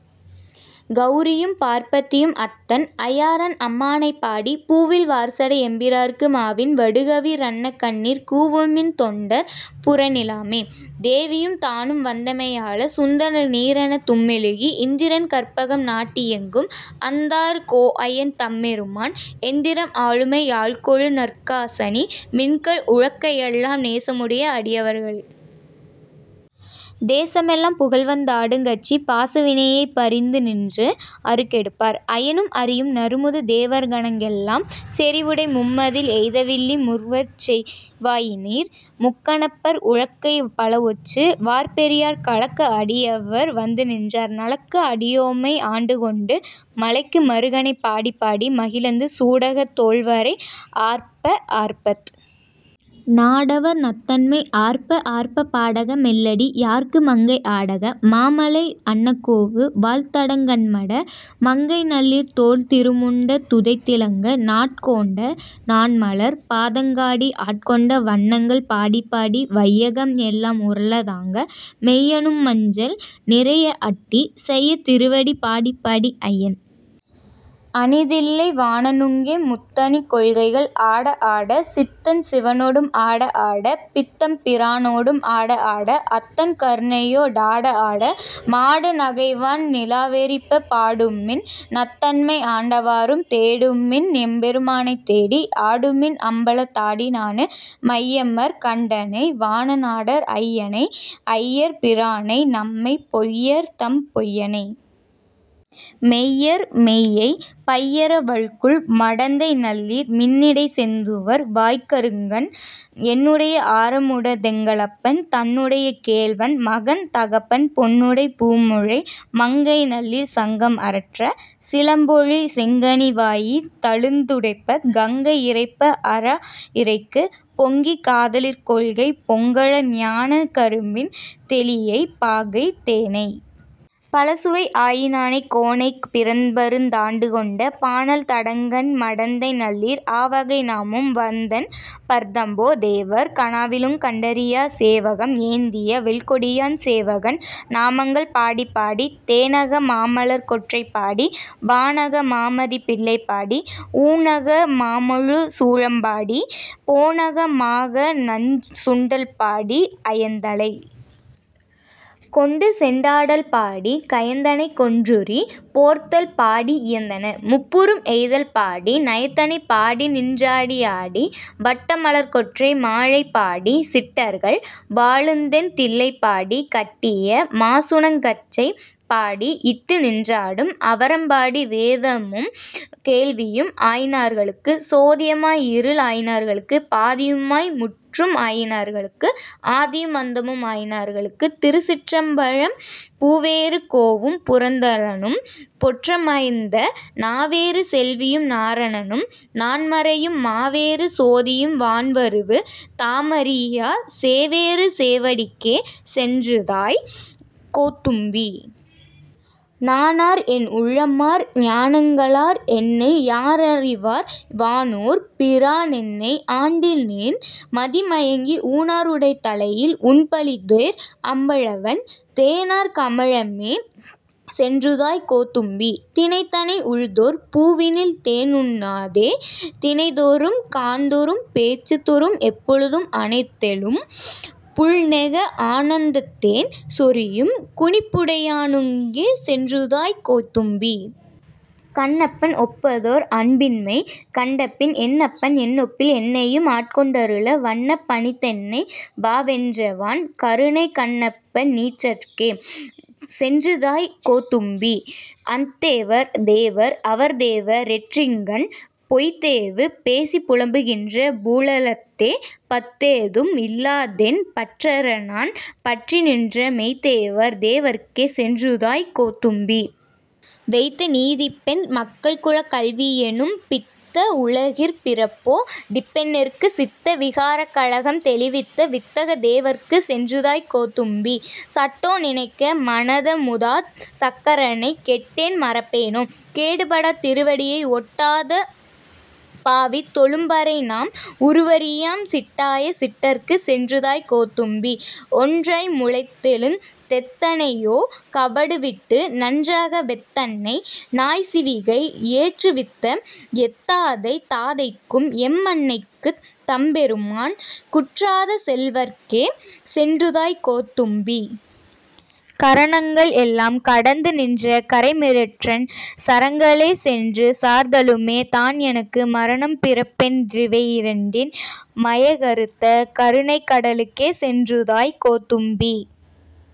கௌரியும் பார்ப்பத்தியும் அத்தன் ஐயாறன்அம்மானைபாடி பூவில் வார்சடை எம்பிராற்குப் மாவின் வடுவகி ரன்ன கண்ணீர் கூவுமின் தொண்டர் புறநிலாமே தேவியுந் தானும்வந்தெம்மையாளச் சுந்தர நீறணந் தும்மெழுகித் இந்திரன் கற்பகம் நாட்டியெங்கும் அந்தார் கோன்அயன் தன்பெருமான் எந்தரம் ஆளுமை யாள்கொழுநற் காசணி மின்கள் உலக்கையெல்லாம் நேசமுடைய அடியவர்கள் தேசமெல்லாம் புகழ்ந் தாடுங் கச்சித் பாசவினையைப் பறிந்துநின்று அறுகெடுப்பார் அயனும்அரியும் நறுமுது தேவர்கணங்கெளெல்லாம் செறிவுடை மும்மதில் எய்தவில்லி முறுவற்செவ் வாயினீர் முக்கணப்பற் உலக்கை பலஒச்சு வார்பெரியர் கலக்க அடியவர் வந்துநின்றார் நலக்க அடியோமை ஆண்டுகொண்டு மலைக்கு மருகனைப் பாடிப்பாடி மகிழந்து சூடகந் தோள்வரை ஆர்ப்ப ஆர்ப்பத் நாடவர் நத்தம்மை ஆர்ப்ப ஆர்ப்ப பாடக மெல்லடி யார்க்கு மங்கை ஆடக மாமலை அன்னகோவுக் வாள்தடங்கண்மட மங்கைநல்லீர் தோள்திரு முண்டந் துதைந்திலங்கச் நாட்கோண்ட நாண்மலர்ந் பாதங்காட்டி ஆட்கொண்ட வண்ணங்கள் பாடிப்பாடி வையகம் எல்லாம் உரலதாக மெய்யனும் மஞ்சள் நிறைய அட்டி செய்ய திருவடி பாடிப்பாடிச் ஐயன் அணிதில்லை வாணனுக்கே முத்தணி கொங்கைகள் ஆடஆட சித்தஞ் சிவனொடும் ஆடஆட பித்தெம் பிரானொடும் ஆடஆட அத்தன் கருணையொ டாடஆட மாடு நகைவாள் நிலாவெறிப்ப பாடுமின் நத்தம்மை ஆண்டவாறும் தேடுமின் எம்பெருமானைத்தேடி ஆடுமின் அம்பலத் தாடினானுக் மையமர் கண்டனை வானநாடர் ஐயனை ஐயர்பிரானைநம்மை பொய்யர் தம் பொய்யனை மெய்யர் மெய்யைப் பையர வல்குல் மடந்தைநல்லீர் மின்னிடைச் செந்துவர் வாய்க்கருங்கண் என்னுடைய ஆரமுதெங்களப்பன் தன்னுடைக் கேள்வன் மகன்தகப்பன் பொன்னுடைப் பூண்முலை மங்கைநல்லீர் சங்கம் அரற்றச் சிலம்பொலி செங்கனி வாயிதழுந்துடிப்பச் கங்கை இரைப்ப அராஇரைக்குங் பொங்கிய காதலிற் கொள்கை பொங்கப் ஞானக் கரும்பின் தெளியைப் பாகை தேனைப் பழச்சுவை ஆயினானைச் கோனைப் பிறப்பறுத் தாண்டுகொண்ட பானல் தடங்கண் மடந்தைநல்லீர் ஆவகை நாமும் வந்தன்பர்தம்போ தேவர் கனாவிலுங் கண்டறியாச் சேவகம் ஏந்திய வெல்கொடியான் சேவகன் நாமங்கள் பாடிப்பாடிச் தேனக மாமலர்க் கொறைபாடிச் வானக மாமதிப் பிள்ளைபாடி ஊனக மாமழுச் சூலம்பாடி போனக மாகநஞ் சுண்டல்பாடிப் அயன்தலை கொண்டுசெண்டாடல்பாடி கயந்தனைக் கொன்றுரி போர்த்தல் பாடிக் இயைந்தனர் முப்புரம் எய்தல் பாடி நயந்தனைப் பாடிநின் றாடியாடி வட்டமலர்க்கொறை மாலைபாடி சிட்டர்கள் வாழுந்தென் தில்லைபாடிச் கட்டிய மாசுணக்கச்சைப் பாடிக் இட்டுநின் றாடும் அவரம்பாடி வேதமும் வேள்வியும் ஆயினார்களுக்கு சோதிய மாய் இருள் ஆயினார்களுக்குத் பாதியு மாய் முற்றும் ஆயினார்களுக்குப் ஆதியும் அந்தமும் ஆயினார்களுக்கு திருச்சிற்றம்பலம் பூவேறு கோனும் புரந்தரனும் பொற்பமைந்த நாவேறு செல்வியும் நாரணணும் நான் மறையும் மாவேறு சோதியும் வானவருந் தாமறியாச் சேவேறு சேவடிக்கே சென்றுதாய் கோத்தும்பீ. நானார் என் உள்ளமார் ஞானங்க ளார் என்னை யாரறிவார் வானோர் பிரானென்னை ஆண்டில்னேல் மதிமயங்கி ஊனா ருடைதலையில் உண்பலிதேர் அம்பலவன் தேனார் கமலமே சென்றூதாய் கோத்தும்பீ. தினைத்தனை உள்தோர் பூவினில் தேன்உண்ணாதே நினைத்தொறும் காண்தொறும் பேச்சுந்தொறும் எப்போழுதும் அனைத்தெலும் புள்நெக ஆனந்தத் தேன் சொரியும் குனிப்புடையானுங்கே சென்றூதாய் கோத்தும்பீ. கண்ணப்பன் ஒப்பதோர் அன்பின்மை கண்டபின் என்னப்பன் என்னொப்பில் என்னையும் ஆட்கொண்டருள வண்ணப் பணித்தென்னை வாவென்ற வான் கருணைச் கண்ணப்பென் நீற்றற்கே சென்றூதாய் கோத்தும்பீ. அத்தேவர் தேவர் அவர்தேவ ரென்றிங்ஙன் பொய்த்தேவு பேசிப் புலம்புகின்ற பூதலத்தே பத்தேதும் இல்லாதென் பற்றறநான் பற்றிநின்ற மெய்த்தேவர் தேவற்கே சென்றூதாய் கோத்தும்பீ. வைத்த நிதிபெண் மக்கள்குலங் கல்வியென்னும் பித்த உலகிற் பிறப்போ டிப்பென்னிற்கு சித்த விகாரக் கலக்கம் தெளிவித்த வித்தகத் தேவற்கே சென்றூதாய் கோத்தும்பீ. சட்டோ நினைக்க மனத்தமுதாற் சங்கரனைக் கெட்டேன் மறப்பேனோ கேடுபடாத் திருவடியை ஒட்டாத பாவித் தொழும்பரைநாம் உருவறியாம் சிட்டாய சிட்டற்கே சென்றூதாய் கோத்தும்பீ. ஒன்றய் முளைத்தெழுந் தெத்தனையோ கவடுவிட்டு நன்றாக வெத்தென்னை நாய்சிவிகை ஏற்றுவித்த எத்தாதை தாதைக்கும் எம்மனைக்குந் தம்பெருமான் குட்றாத செல்வற்கே சென்றூதாய் கோத்தும்பீ. கரணங்கள் எல்லாங் கடந்துநின்ற கறைமிடற்றன் சரணங்க ளேசென்று சார்தலுமே தான்எனக்கு மரணம் பிறப்பென் றிவையிரண்டின் மயக்கறுத்த கருணைக் கடலுக்கே சென்றூதாய் கோத்தும்பீ.